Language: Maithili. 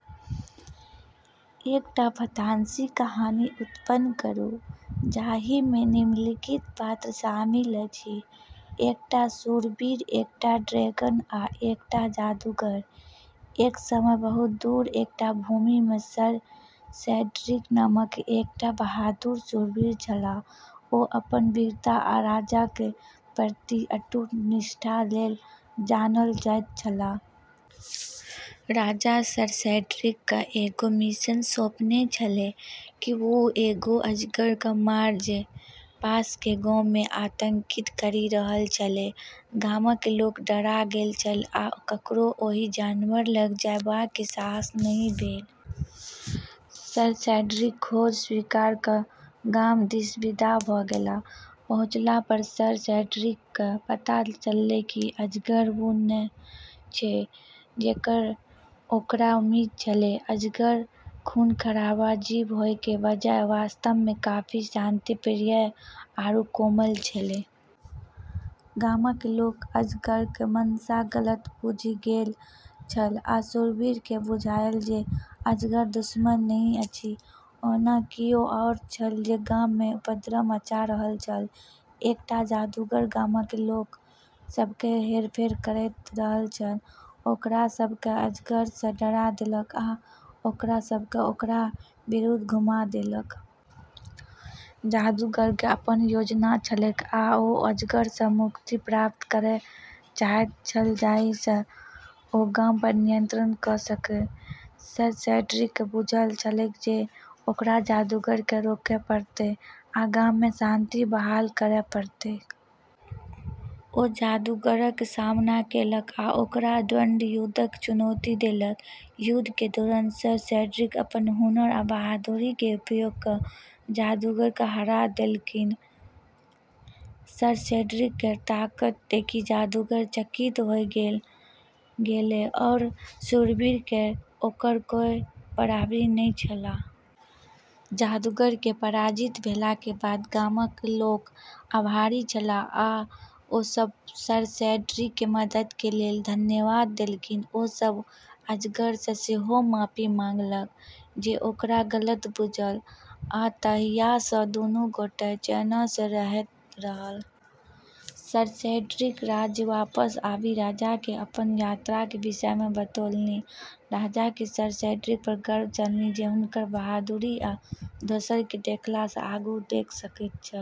एकटा फंतासी कहानी उत्पन्न करू जाहि मे निम्नलिखित पात्र शामिल अछि: एकटा शूरवीर, एकटा ड्रैगन, आ एकटा जादूगर। एक समय बहुत दूर एकटा भूमि मे सर सेड्रिक नामक एकटा बहादुर शूरवीर छलाह। ओ अपन वीरता आ राजाक प्रति अटूट निष्ठा लेल जानल जाइत छलाह। राजा सर सेड्रिक क एगो मिशन सौंपने छेलै कि वू एगो अजगर क मार जे पास के गाँव मे आतंकित करी रहल छेलै। गामक लोक डरा गेल छल आ ककरो ओहि जानवर लग जेबाक साहस नहि भेल। सर सेड्रिक खोज स्वीकार क गाम दिस विदा भ गेलाह। पहुँचला पर सर सेड्रिक के पता चललै कि अजगर वू नै छै जेकर ओकरा उम्मीद छेलै। अजगर खूनखराबा जीव होय के बजाय वास्तव में काफी शांतिप्रिय आरू कोमल छेलै। गामक लोक अजगरक मंशा गलत बुझि गेल छल आ शूरवीर केँ बुझायल जे अजगर दुश्मन नहि अछि। ओना कियो आओर छल जे गाम मे उपद्रव मचा रहल छल। एकटा जादूगर गामक लोक सभकेँ हेरफेर करैत रहल छल, ओकरा सभकेँ अजगरसँ डरा देलक आ ओकरा सभकेँ ओकरा विरुद्ध घुमा देलक। जादूगरक अपन योजना छलैक आ ओ अजगर सँ मुक्ति प्राप्त करय चाहैत छल जाहि सँ ओ गाम पर नियंत्रण क सकय। सर सेड्रिक केँ बुझल छलैक जे ओकरा जादूगर केँ रोकय पड़तैक आ गाम मे शांति बहाल करय पड़तैक। ओ जादूगरक सामना केलक आ ओकरा द्वंद्वयुद्धक चुनौती देलक। युद्ध के दौरान सर सेड्रिक अपन हुनर आ बहादुरी के उपयोग क जादूगर के हरा देलखिन। सर सेड्रिक केर ताकत देखी जादूगर चकित होय गेलै आरू शूरवीर केर ओकर कोय बराबरी नै छेलै। जादूगर के पराजित भेला के बाद गामक लोक आभारी छलाह आ ओ सब सर सेड्रिक के मदद के लेल धन्यवाद देलखिन। ओ सभ अजगरसँ सेहो माफी मंगलक जे ओकरा गलत बुझल आ तहियासँ दुनू गोटे चैनसँ रहैत रहल। सर सेड्रिक राज्य वापस आबि राजा केँ अपन यात्राक विषय मे बतौलनि। राजा के सर सेड्रिक पर गर्व छलनि जे हुनकर बहादुरी आ दोसर के देखला स आगू देख सकैत छल।